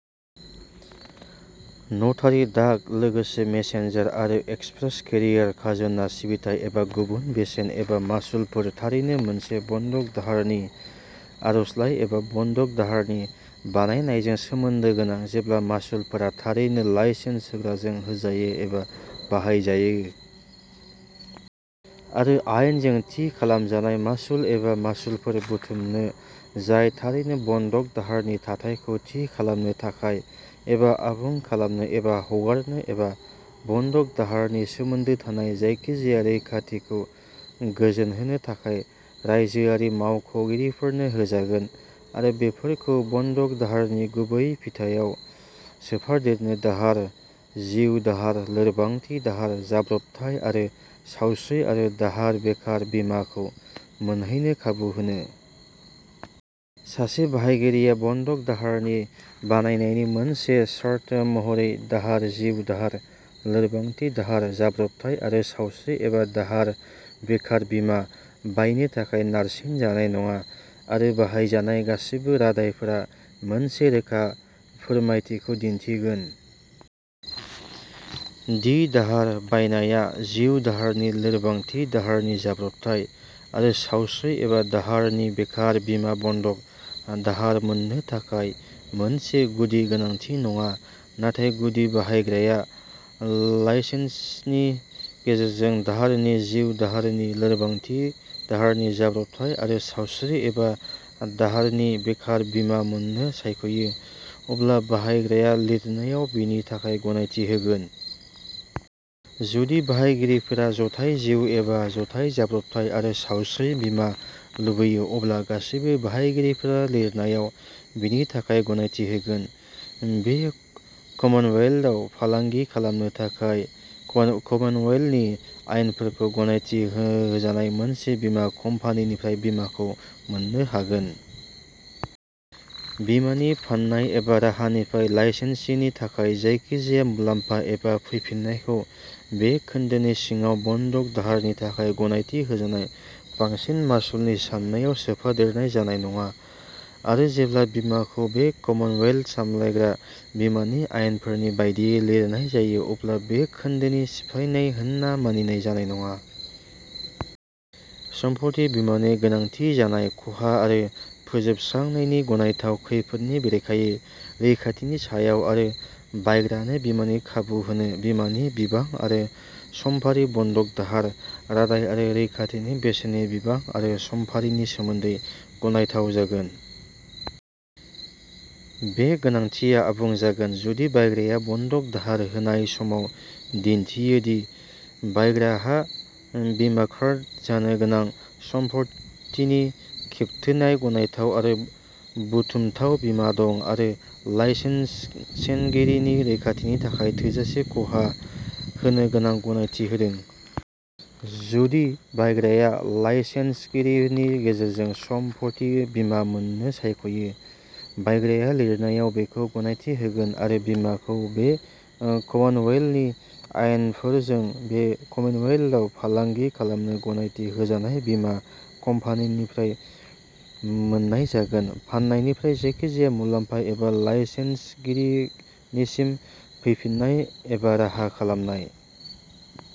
नटारि डाक लोगोसे मेसेन्जार आरो एक्सप्रेस केरियार खाजोना सिबिथाय एबा गुबुन बेसेन एबा मासुलफोर थारैनो मोनसे बन्दक दाहारनि आर'जलाइ एबा बन्दक दाहारनि बानायनायजों सोमोन्दो गोनां जेब्ला मासुलफोरा थारैनो लाइसेन्स होग्राजों होजायो एबा बाहायजायो आरो आयेनजों थि खालामजानाय मासुल एबा मासुलफोर बुथुमनो जाय थारैनो बन्दक दाहारनि थाथायखौ थि खालामनो थाखाय एबा आबुं खालामनो एबा हगारनो एबा बन्दक दाहारनि सोमोन्दो थानाय जायखिजाया रैखाथिखौ गोजोनहोनो थाखाय रायजोआरि मावख'गिरिफोरनो होजागोन आरो बेफोरखौ बन्दक दाहारनि गुबै बिथायाव सोफादेरनो दाहार जिउ दाहार लोरबांथि दाहार जाब्रबथाय आरो सावस्रि आरो दाहार बेकार बीमाखौ मोनहैनो खाबु होनो। सासे बाहायगिरिया बन्दक दाहारनि बानायनायनि मोनसे सर्त महरै दाहार जिउ दाहार लोरबांथि दाहार जाब्र'बथाय आरो सावस्रि एबा दाहार बेकार बीमा बायनो थाखाय नारसिन जानाय नङा आरो बाहायजानाय गासिबो रादाइफोरा मोनसे रोखा फोरमायथिखौ दिन्थिगोन दि दाहार बायनाया जिउ दाहारनि लोरबांथि दाहारनि जाब्रबथाय आरो सावस्रि एबा दाहारनि बेकार बीमा बन्दक दाहार मोननो थाखाय मोनसे गुदि गोनांथि नङा नाथाय गुदि बाहायग्राया लाइसेन्सिनि गेजेरजों दाहारनि जिउ दाहारनि लोरबांथि दाहारनि जाब्रबथाय आरो सावस्रि एबा दाहारनि बेकार बीमा मोननो सायखयो अब्ला बाहायग्राया लिरनायाव बेनि थाखाय गनायथि होगोन। जुदि बाहायगिरिफोरा जथाय जिउ एबा जथाय जाब्रबथाय आरो सावस्रि बीमा लुबैयो अब्ला गासैबो बाहायगिरिफोरा लिरनायाव बेनि थाखाय गनायथि होगोन बे कमनवेल्थआव फालांगि खालामनो थाखाय बे कमनवेल्थनि आयेनफोरजों गनायथि होजानाय मोनसे बीमा कम्पानिनिफ्राय बीमाखौ मोन्नो हागोन। बीमानि फाननाय एबा राहानिफ्राय लाइसेन्सिनि थाखाय जायखिजाया मुलाम्फा एबा फैफिननायखौ बे खोन्दोनि सिङाव बन्दक दाहारनि थाखाय गनायथि होजानाय बांसिन मासुलनि साननायाव सोफादेरनाय जानाय नङा आरो जेब्ला बीमाखौ बे कमनवेल्थ सामलायग्रा बीमानि आयेनफोरनि बायदियै लिरनाय जायो अब्ला बे खोन्दोनि सिफायनाय होनना मानिनाय जानाय नङा। सम्पथि बीमानि गोनांथि जानाय खहा आरो फोजोबस्रांनायनि गनायथाव खैफोदनि बेरेखायै रैखाथिनि सायाव आरो बायग्रानो बीमानि खाबु होनो बीमानि बिबां आरो समफारि बन्दक दाहार रादाय आरो रैखाथिनि बेसेननि बिबां आरो समफारिनि सोमोनदै गनायथाव जागोन। बे गोनांथिया आबुं जागोन जुदि बायग्राया बन्दक दाहार होनाय समाव दिन्थियो दि बायग्राहा बीमाकृत जानो गोनां सम्पथिनि खोबथेनाय गनायथाव आरो बुथुमथाव बीमा दं आरो लाइसेन्सगिरिनि रैखाथिनि थाखाय थोजासे खहा होनो गोनां गनायथि होदों। जुदि बायग्राया लाइसेन्सगिरिनि गेजेरजों सम्पथि बीमा मोन्नो सायखयो बायग्राया लिरनायाव बेखौ गनायथि होगोन आरो बीमाखौ बे ओ कमनवेल्थनि आयेनफोरजों बे कमनवेल्थआव फालांगि खालामनो गनायथि होजानाय बीमा कम्पानिनिफ्राय मोन्नाय जागोन। फाननायनिफ्राय जायखिजाया मुलाम्फा एबा लाइसेन्सगिरिनिसिम फैफिन्नाय एबा राहा खालामनाय।